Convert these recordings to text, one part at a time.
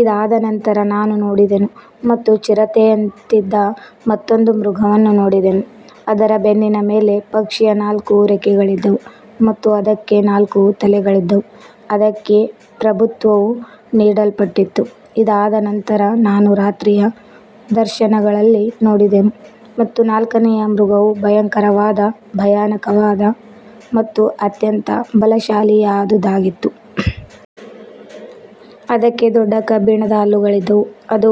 ಇದಾದ ನಂತರ ನಾನು ನೋಡಿದೆನು ಮತ್ತು ಚಿರತೆಯಂತಿದ್ದ ಮತ್ತೊಂದು ಮೃಗವನ್ನು ನೋಡಿದೆನು, ಅದರ ಬೆನ್ನಿನ ಮೇಲೆ ಪಕ್ಷಿಯ ನಾಲ್ಕು ರೆಕ್ಕೆಗಳಿದ್ದವು ಮತ್ತು ಅದಕ್ಕೆ ನಾಲ್ಕು ತಲೆಗಳಿದ್ದವು, ಅದಕ್ಕೆ ಪ್ರಭುತ್ವವು ನೀಡಲ್ಪಟ್ಟಿತು. ಇದಾದ ನಂತರ ನಾನು ರಾತ್ರಿಯ ದರ್ಶನಗಳಲ್ಲಿ ನೋಡಿದೆನು ಮತ್ತು ನಾಲ್ಕನೆಯ ಮೃಗವು ಭಯಂಕರವಾದ, ಭಯಾನಕವಾದ ಮತ್ತು ಅತ್ಯಂತ ಬಲಶಾಲಿಯಾದುದಾಗಿತ್ತು. ಅದಕ್ಕೆ ದೊಡ್ಡ ಕಬ್ಬಿಣದ ಹಲ್ಲುಗಳಿದ್ದವು, ಅದು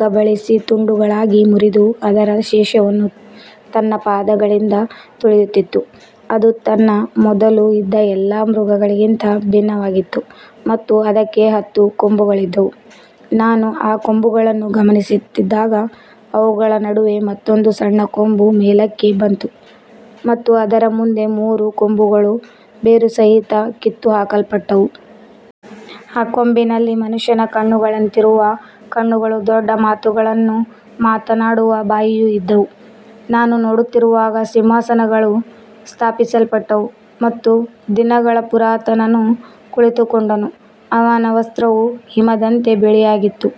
ಕಬಳಿಸಿ ತುಂಡುಗಳಾಗಿ ಮುರಿದು ಅದರ ಶೇಷವನ್ನು ತನ್ನ ಪಾದಗಳಿಂದ ತುಳಿಯುತ್ತಿತ್ತು. ಅದು ತನ್ನ ಮೊದಲು ಇದ್ದ ಎಲ್ಲಾ ಮೃಗಗಳಿಗಿಂತ ಭಿನ್ನವಾಗಿತ್ತು ಮತ್ತು ಅದಕ್ಕೆ ಹತ್ತು ಕೊಂಬುಗಳಿದ್ದವು. ನಾನು ಆ ಕೊಂಬುಗಳನ್ನು ಗಮನಿಸುತ್ತಿದ್ದಾಗ, ಅವುಗಳ ನಡುವೆ ಮತ್ತೊಂದು ಸಣ್ಣ ಕೊಂಬು ಮೇಲಕ್ಕೆ ಬಂತು ಮತ್ತು ಅದರ ಮುಂದೆ ಮೂರು ಕೊಂಬುಗಳು ಬೇರುಸಹಿತ ಕಿತ್ತುಹಾಕಲ್ಪಟ್ಟವು. ಆ ಕೊಂಬಿನಲ್ಲಿ ಮನುಷ್ಯನ ಕಣ್ಣುಗಳಂತಿರುವ ಕಣ್ಣುಗಳೂ ದೊಡ್ಡ ಮಾತುಗಳನ್ನು ಮಾತನಾಡುವ ಬಾಯಿಯೂ ಇದ್ದವು. ನಾನು ನೋಡುತ್ತಿರುವಾಗ ಸಿಂಹಾಸನಗಳು ಸ್ಥಾಪಿಸಲ್ಪಟ್ಟವು ಮತ್ತು ದಿನಗಳ ಪುರಾತನನು ಕುಳಿತುಕೊಂಡನು. ಅವನ ವಸ್ತ್ರವು ಹಿಮದಂತೆ ಬಿಳಿಯಾಗಿತ್ತು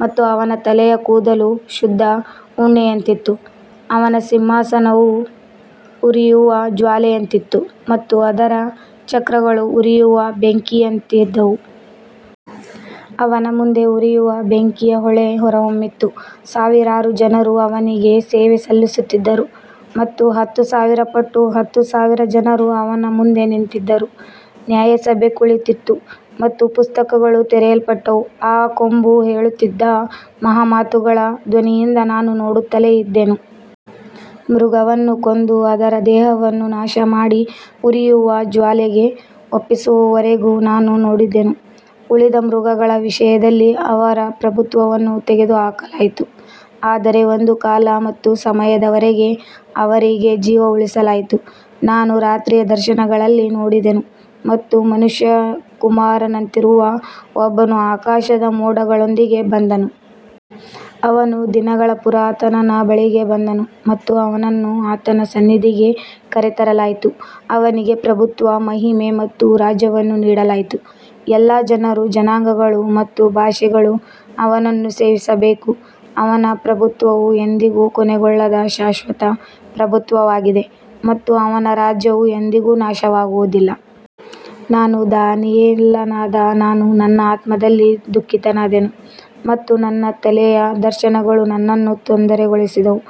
ಮತ್ತು ಅವನ ತಲೆಯ ಕೂದಲು ಶುದ್ಧ ಉಣ್ಣೆಯಂತಿತ್ತು. ಅವನ ಸಿಂಹಾಸನವು ಉರಿಯುವ ಜ್ವಾಲೆಯಂತಿತ್ತು ಮತ್ತು ಅದರ ಚಕ್ರಗಳು ಉರಿಯುವ ಬೆಂಕಿಯಂತಿದ್ದವು. ಅವನ ಮುಂದೆ ಉರಿಯುವ ಬೆಂಕಿಯ ಹೊಳೆ ಹೊರಹೊಮ್ಮಿತು. ಸಾವಿರಾರು ಜನರು ಅವನಿಗೆ ಸೇವೆ ಸಲ್ಲಿಸುತ್ತಿದ್ದರು ಮತ್ತು ಹತ್ತು ಸಾವಿರ ಪಟ್ಟು ಹತ್ತು ಸಾವಿರ ಜನರು ಅವನ ಮುಂದೆ ನಿಂತಿದ್ದರು. ನ್ಯಾಯಸಭೆ ಕುಳಿತಿತು ಮತ್ತು ಪುಸ್ತಕಗಳು ತೆರೆಯಲ್ಪಟ್ಟವು. ಆ ಕೊಂಬು ಹೇಳುತ್ತಿದ್ದ ಮಹಾ ಮಾತುಗಳ ಧ್ವನಿಯಿಂದ ನಾನು ನೋಡುತ್ತಲೇ ಇದ್ದೆನು. ಮೃಗವನ್ನು ಕೊಂದು ಅದರ ದೇಹವನ್ನು ನಾಶಮಾಡಿ ಉರಿಯುವ ಜ್ವಾಲೆಗೆ ಒಪ್ಪಿಸುವವರೆಗೂ ನಾನು ನೋಡಿದೆನು. ಉಳಿದ ಮೃಗಗಳ ವಿಷಯದಲ್ಲಿ ಅವರ ಪ್ರಭುತ್ವವನ್ನು ತೆಗೆದುಹಾಕಲಾಯಿತು, ಆದರೆ ಒಂದು ಕಾಲ ಮತ್ತು ಸಮಯದವರೆಗೆ ಅವರಿಗೆ ಜೀವ ಉಳಿಸಲಾಯಿತು. ನಾನು ರಾತ್ರಿಯ ದರ್ಶನಗಳಲ್ಲಿ ನೋಡಿದೆನು ಮತ್ತು ಮನುಷ್ಯಕುಮಾರನಂತಿರುವ ಒಬ್ಬನು ಆಕಾಶದ ಮೋಡಗಳೊಂದಿಗೆ ಬಂದನು. ಅವನು ದಿನಗಳ ಪುರಾತನನ ಬಳಿಗೆ ಬಂದನು ಮತ್ತು ಅವನನ್ನು ಆತನ ಸನ್ನಿಧಿಗೆ ಕರೆತರಲಾಯಿತು. ಅವನಿಗೆ ಪ್ರಭುತ್ವ, ಮಹಿಮೆ ಮತ್ತು ರಾಜ್ಯವನ್ನು ನೀಡಲಾಯಿತು. ಎಲ್ಲಾ ಜನರು, ಜನಾಂಗಗಳು ಮತ್ತು ಭಾಷೆಗಳು ಅವನನ್ನು ಸೇವಿಸಬೇಕು. ಅವನ ಪ್ರಭುತ್ವವು ಎಂದಿಗೂ ಕೊನೆಗೊಳ್ಳದ ಶಾಶ್ವತ ಪ್ರಭುತ್ವವಾಗಿದೆ ಮತ್ತು ಅವನ ರಾಜ್ಯವು ಎಂದಿಗೂ ನಾಶವಾಗುವುದಿಲ್ಲ. ನಾನು ದಾನಿಯೇಲನಾದ ನಾನು ನನ್ನ ಆತ್ಮದಲ್ಲಿ ದುಃಖಿತನಾದೆನು ಮತ್ತು ನನ್ನ ತಲೆಯ ದರ್ಶನಗಳು ನನ್ನನ್ನು ತೊಂದರೆಗೊಳಿಸಿದವು.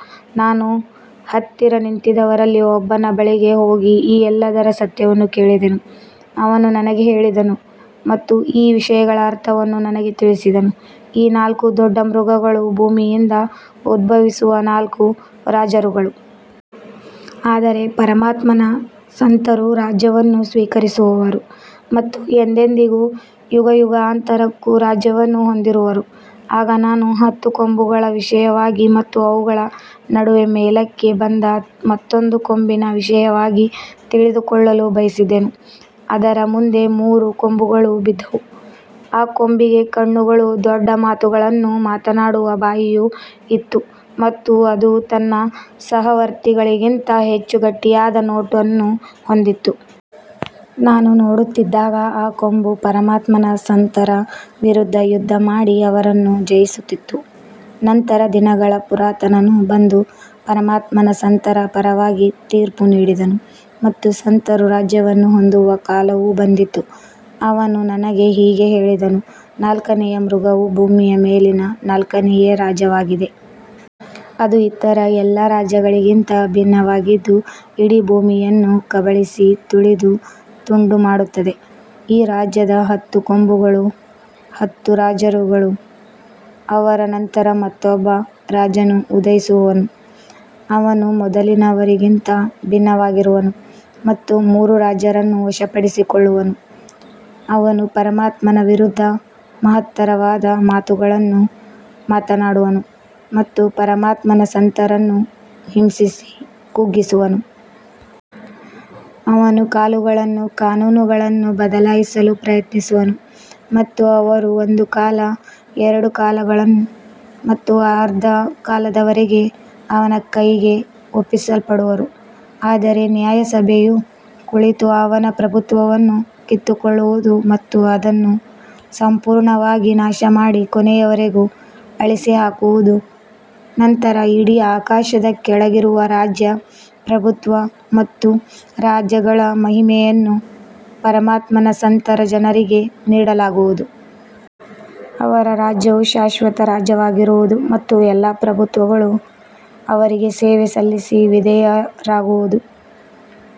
ನಾನು ಹತ್ತಿರ ನಿಂತಿದ್ದವರಲ್ಲಿ ಒಬ್ಬನ ಬಳಿಗೆ ಹೋಗಿ ಈ ಎಲ್ಲದರ ಸತ್ಯವನ್ನು ಕೇಳಿದೆನು. ಅವನು ನನಗೆ ಹೇಳಿದನು ಮತ್ತು ಈ ವಿಷಯಗಳ ಅರ್ಥವನ್ನು ನನಗೆ ತಿಳಿಸಿದನು. ಈ ನಾಲ್ಕು ದೊಡ್ಡ ಮೃಗಗಳು ಭೂಮಿಯಿಂದ ಉದ್ಭವಿಸುವ ನಾಲ್ಕು ರಾಜರುಗಳು. ಆದರೆ ಪರಮಾತ್ಮನ ಸಂತರು ರಾಜ್ಯವನ್ನು ಸ್ವೀಕರಿಸುವರು ಮತ್ತು ಎಂದೆಂದಿಗೂ, ಯುಗಯುಗಾಂತರಕ್ಕೂ ರಾಜ್ಯವನ್ನು ಹೊಂದಿರುವರು. ಆಗ ನಾನು ಹತ್ತು ಕೊಂಬುಗಳ ವಿಷಯವಾಗಿ ಮತ್ತು ಅವುಗಳ ನಡುವೆ ಮೇಲಕ್ಕೆ ಬಂದ ಮತ್ತೊಂದು ಕೊಂಬಿನ ವಿಷಯವಾಗಿ ತಿಳಿದುಕೊಳ್ಳಲು ಬಯಸಿದೆನು. ಅದರ ಮುಂದೆ ಮೂರು ಕೊಂಬುಗಳು ಬಿದ್ದವು. ಆ ಕೊಂಬಿಗೆ ಕಣ್ಣುಗಳೂ ದೊಡ್ಡ ಮಾತುಗಳನ್ನು ಮಾತನಾಡುವ ಬಾಯಿಯೂ ಇತ್ತು ಮತ್ತು ಅದು ತನ್ನ ಸಹವರ್ತಿಗಳಿಗಿಂತ ಹೆಚ್ಚು ಗಟ್ಟಿಯಾದ ನೋಟವನ್ನು ಹೊಂದಿತ್ತು. ನಾನು ನೋಡುತ್ತಿದ್ದಾಗ ಆ ಕೊಂಬು ಪರಮಾತ್ಮನ ಸಂತರ ವಿರುದ್ಧ ಯುದ್ಧಮಾಡಿ ಅವರನ್ನು ಜಯಿಸುತ್ತಿತ್ತು. ನಂತರ ದಿನಗಳ ಪುರಾತನನು ಬಂದು ಪರಮಾತ್ಮನ ಸಂತರ ಪರವಾಗಿ ತೀರ್ಪು ನೀಡಿದನು ಮತ್ತು ಸಂತರು ರಾಜ್ಯವನ್ನು ಹೊಂದುವ ಕಾಲವು ಬಂದಿತು. ಅವನು ನನಗೆ ಹೀಗೆ ಹೇಳಿದನು, ನಾಲ್ಕನೆಯ ಮೃಗವು ಭೂಮಿಯ ಮೇಲಿನ ನಾಲ್ಕನೆಯ ರಾಜ್ಯವಾಗಿದೆ. ಅದು ಇತರ ಎಲ್ಲಾ ರಾಜ್ಯಗಳಿಗಿಂತ ಭಿನ್ನವಾಗಿದ್ದು ಇಡೀ ಭೂಮಿಯನ್ನು ಕಬಳಿಸಿ ತುಳಿದು ತುಂಡುಮಾಡುತ್ತದೆ. ಈ ರಾಜ್ಯದ ಹತ್ತು ಕೊಂಬುಗಳು ಹತ್ತು ರಾಜರುಗಳು. ಅವರ ನಂತರ ಮತ್ತೊಬ್ಬ ರಾಜನು ಉದಯಿಸುವನು. ಅವನು ಮೊದಲಿನವರಿಗಿಂತ ಭಿನ್ನನಾಗಿರುವನು ಮತ್ತು ಮೂರು ರಾಜರನ್ನು ವಶಪಡಿಸಿಕೊಳ್ಳುವನು. ಅವನು ಪರಮಾತ್ಮನ ವಿರುದ್ಧ ಮಹತ್ತರವಾದ ಮಾತುಗಳನ್ನು ಮಾತನಾಡುವನು ಮತ್ತು ಪರಮಾತ್ಮನ ಸಂತರನ್ನು ಹಿಂಸಿಸಿ ಕುಗ್ಗಿಸುವನು. ಅವನು ಕಾಲಗಳನ್ನೂ ಕಾನೂನುಗಳನ್ನೂ ಬದಲಾಯಿಸಲು ಪ್ರಯತ್ನಿಸುವನು ಮತ್ತು ಅವರು ಒಂದು ಕಾಲ, ಎರಡು ಕಾಲಗಳು ಮತ್ತು ಅರ್ಧ ಕಾಲದವರೆಗೆ ಅವನ ಕೈಗೆ ಒಪ್ಪಿಸಲ್ಪಡುವರು. ಆದರೆ ನ್ಯಾಯಸಭೆಯು ಕುಳಿತು ಅವನ ಪ್ರಭುತ್ವವನ್ನು ಕಿತ್ತುಕೊಳ್ಳುವುದು ಮತ್ತು ಅದನ್ನು ಸಂಪೂರ್ಣವಾಗಿ ನಾಶಮಾಡಿ ಕೊನೆಯವರೆಗೂ ಅಳಿಸಿಹಾಕುವುದು. ನಂತರ ಇಡೀ ಆಕಾಶದ ಕೆಳಗಿರುವ ರಾಜ್ಯ, ಪ್ರಭುತ್ವ ಮತ್ತು ರಾಜ್ಯಗಳ ಮಹಿಮೆಯನ್ನು ಪರಮಾತ್ಮನ ಸಂತರ ಜನರಿಗೆ ನೀಡಲಾಗುವುದು. ಅವರ ರಾಜ್ಯವು ಶಾಶ್ವತ ರಾಜ್ಯವಾಗಿರುವುದು ಮತ್ತು ಎಲ್ಲಾ ಪ್ರಭುತ್ವಗಳು ಅವರಿಗೆ ಸೇವೆ ಸಲ್ಲಿಸಿ ವಿಧೇಯರಾಗುವವು.